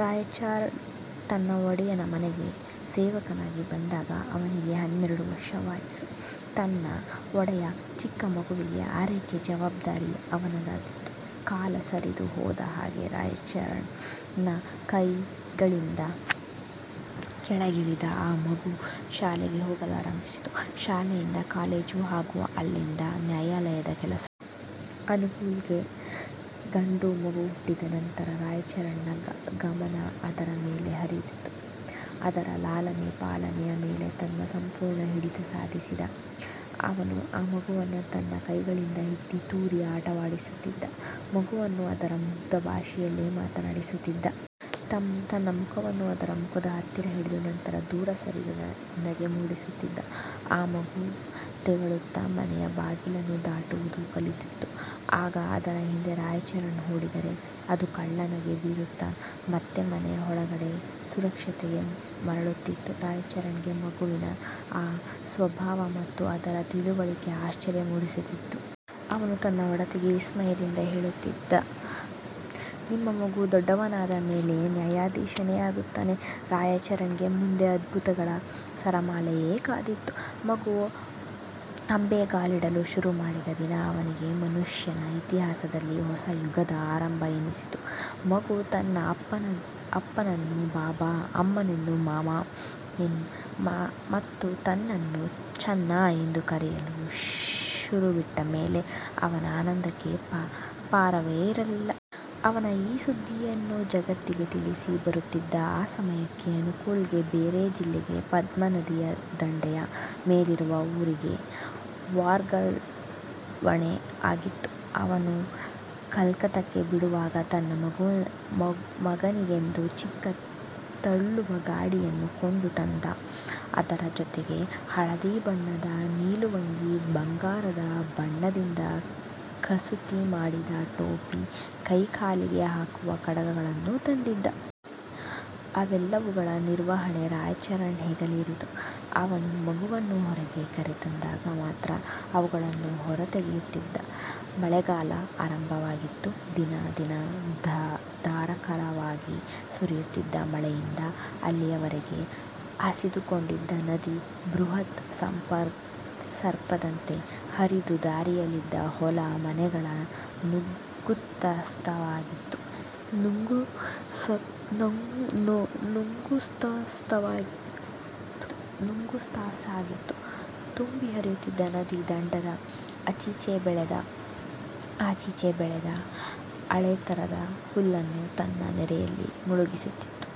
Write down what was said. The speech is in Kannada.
ರಾಯಚರಣ್ ತನ್ನ ಒಡೆಯನ ಮನೆಗೆ ಸೇವಕನಾಗಿ ಬಂದಾಗ, ಅವನಿಗೆ ಹನ್ನೆರಡು ವರ್ಷ ವಯಸ್ಸು. ತನ್ನ ಒಡೆಯನ ಚಿಕ್ಕ ಮಗುವಿನ ಆರೈಕೆಯ ಜವಾಬ್ದಾರಿ ಅವನದಾಗಿತ್ತು. ಕಾಲ ಸರಿದು ಹೋದ ಹಾಗೆ ರಾಯಚರಣ್ ನ ಕೈಗಳಿಂದ ಕೆಳಗಿಳಿದ ಆ ಮಗು ಶಾಲೆಗೆ ಹೋಗಲಾರಂಭಿಸಿತು. ಶಾಲೆಯಿಂದ ಕಾಲೇಜು ಹಾಗೂ ಅಲ್ಲಿಂದ ನ್ಯಾಯಾಲಯದ ಕೆಲಸಕ್ಕೆ. ಅನುಕೂಲ್ ಗೆ ಗಂಡು ಮಗು ಹುಟ್ಟಿದ ನಂತರ, ರಾಯಚರಣ್ ನ ಗಮನ ಅದರ ಮೇಲೆ ಹರಿದು, ಅದರ ಲಾಲನೆ, ಪಾಲನೆಯ ಮೇಲೆ ತನ್ನ ಸಂಪೂರ್ಣ ಹಿಡಿತ ಸಾಧಿಸಿದ. ಅವನು ಆ ಮಗುವನ್ನು ತನ್ನ ಕೈಗಳಿಂದ ಎತ್ತಿ, ತೂರಿ ಆಟವಾಡಿಸುತ್ತಿದ್ದ. ಮಗುವನ್ನು ಅದರ ಮುಗ್ಧ ಭಾಷೆಯಲ್ಲೇ ಮಾತನಾಡಿಸುತ್ತಿದ್ದ. ತನ್ನ ಮುಖವನ್ನು ಅದರ ಮುಖದ ಹತ್ತಿರ ಹಿಡಿದು, ನಂತರ ದೂರ ಸರಿದು ನಗೆ ಮೂಡಿಸುತ್ತಿದ್ದ. ಆ ಮಗು ತೆವಳುತ್ತ ಮನೆಯ ಬಾಗಿಲನ್ನು ದಾಟುವುದು ಕಲಿತಿತ್ತು. ಆಗ ಅದರ ಹಿಂದೆ ರಾಯಚರಣ್ ಓಡಿದರೆ, ಅದು ಕಳ್ಳ ನಗೆ ಬೀರುತ್ತ ಮತ್ತೆ ಮನೆಯ ಒಳಗಡೆಯ ಸುರಕ್ಷತೆಗೆ ಮರಳುತ್ತಿತ್ತು. ರಾಯಚರಣ್ ಗೆ ಮಗುವಿನ ಈ ಸ್ವಭಾವ ಮತ್ತು ಅದರ ತಿಳುವಳಿಕೆ ಆಶ್ಚರ್ಯ ಮೂಡಿಸುತ್ತಿತ್ತು. ಅವನು ತನ್ನ ಒಡತಿಗೆ ವಿಸ್ಮಯದಿಂದ ಹೇಳುತ್ತಿದ್ದ "ನಿಮ್ಮ ಮಗು ದೊಡ್ಡವನಾದ ಮೇಲೆ ನ್ಯಾಯಾಧೀಶನೇ ಆಗುತ್ತಾನೆ! " ರಾಯಚರಣ್ ಗೆ ಮುಂದೆ ಅದ್ಭುತಗಳ ಸರಮಾಲೆಯೇ ಕಾದಿತ್ತು. ಮಗು ಅಂಬೆಗಾಲಿಡಲು ಶುರು ಮಾಡಿದ ದಿನ, ಅವನಿಗೆ ಮನುಷ್ಯ ಇತಿಹಾಸದಲ್ಲಿ ಹೊಸ ಯುಗದ ಆರಂಭ ಎನ್ನಿಸಿತ್ತು. ಮಗು ತನ್ನ ಅಪ್ಪನನ್ನು "ಬಾಬಾ", ಅಮ್ಮನನ್ನು "ಮಾಮಾ" ಮತ್ತು ತನ್ನನ್ನು "ಚನ್ನಾ" ಎಂದು ಕರೆಯಲು ಶುರುವಿಟ್ಟ ಮೇಲೆ ಅವನ ಆನಂದಕ್ಕೆ ಪಾರವೇ ಇರಲಿಲ್ಲ. ಅವನು ಆ ಸುದ್ದಿಯನ್ನು ಜಗತ್ತಿಗೇ ತಿಳಿಸಿ ಬರುತ್ತಿದ್ದ. ಆ ಸಮಯಕ್ಕೆ ಅನುಕೂಲ್ ಗೆ ಬೇರೆ ಜಿಲ್ಲೆಗೆ ಪದ್ಮ ನದಿಯದಂಡೆಯ ಮೇಲಿರುವ ಊರಿಗೆ ವರ್ಗಾವಣೆ ಆಗಿತ್ತು. ಅವನು ಕಲ್ಕತ್ತೆ ಬಿಡುವಾಗ, ತನ್ನ ಮಗನಿಗೆಂದು, ಚಿಕ್ಕ ತಳ್ಳುವ ಗಾಡಿಯನ್ನು ಕೊಂಡು ತಂದ. ಅದರ ಜೊತೆಗೆ ಹಳದಿ ಬಣ್ಣದ ನಿಲುವಂಗಿ, ಬಂಗಾರದ ಬಣ್ಣದಿಂದ ಕಸೂತಿ ಮಾಡಿದ ಟೋಪಿ, ಕೈ, ಕಾಲಿಗೆ ಹಾಕುವ ಕಡಗಗಳನ್ನೂ ತಂದಿದ್ದ. ಅವೆಲ್ಲವುಗಳ ನಿರ್ವಹಣೆ ರಾಯಚರಣ್ ಹೆಗಲೇರಿತು. ಅವನು ಮಗುವನ್ನು ಹೊರಗೆ ಕರೆ ತಂದಾಗ ಮಾತ್ರ ಅವುಗಳನ್ನು ಹೊರ ತೆಗೆಯುತ್ತಿದ್ದ. ಮಳೆಗಾಲ ಆರಂಭವಾಗಿತ್ತು. ದಿನೇ ದಿನೇ ಧಾರಾಕಾರವಾಗಿ ಸುರಿಯುತ್ತಿದ್ದ ಮಳೆಯಿಂದ, ಅಲ್ಲಿಯವೆರೆಗೆ ಹಸಿದುಕೊಂಡಿದ್ದ ನದಿ, ಬೃಹತ್ ಸರ್ಪದಂತೆ ಹರಿದು, ದಾರಿಯಲ್ಲಿನ ಹೊಲ, ಮನೆಗಳನ್ನು ನುಂಗುತ್ತಸಾಗಿತ್ತು. ತುಂಬಿ ಹರಿಯುತ್ತಿದ್ದ ನದಿ, ದಡದ ಆಚೀಚೆ ಬೆಳೆದ ಆಳೆತ್ತರದ ಹುಲ್ಲನ್ನು ತನ್ನ ನೆರೆಯಲ್ಲಿ ಮುಳುಗಿಸಿತ್ತು.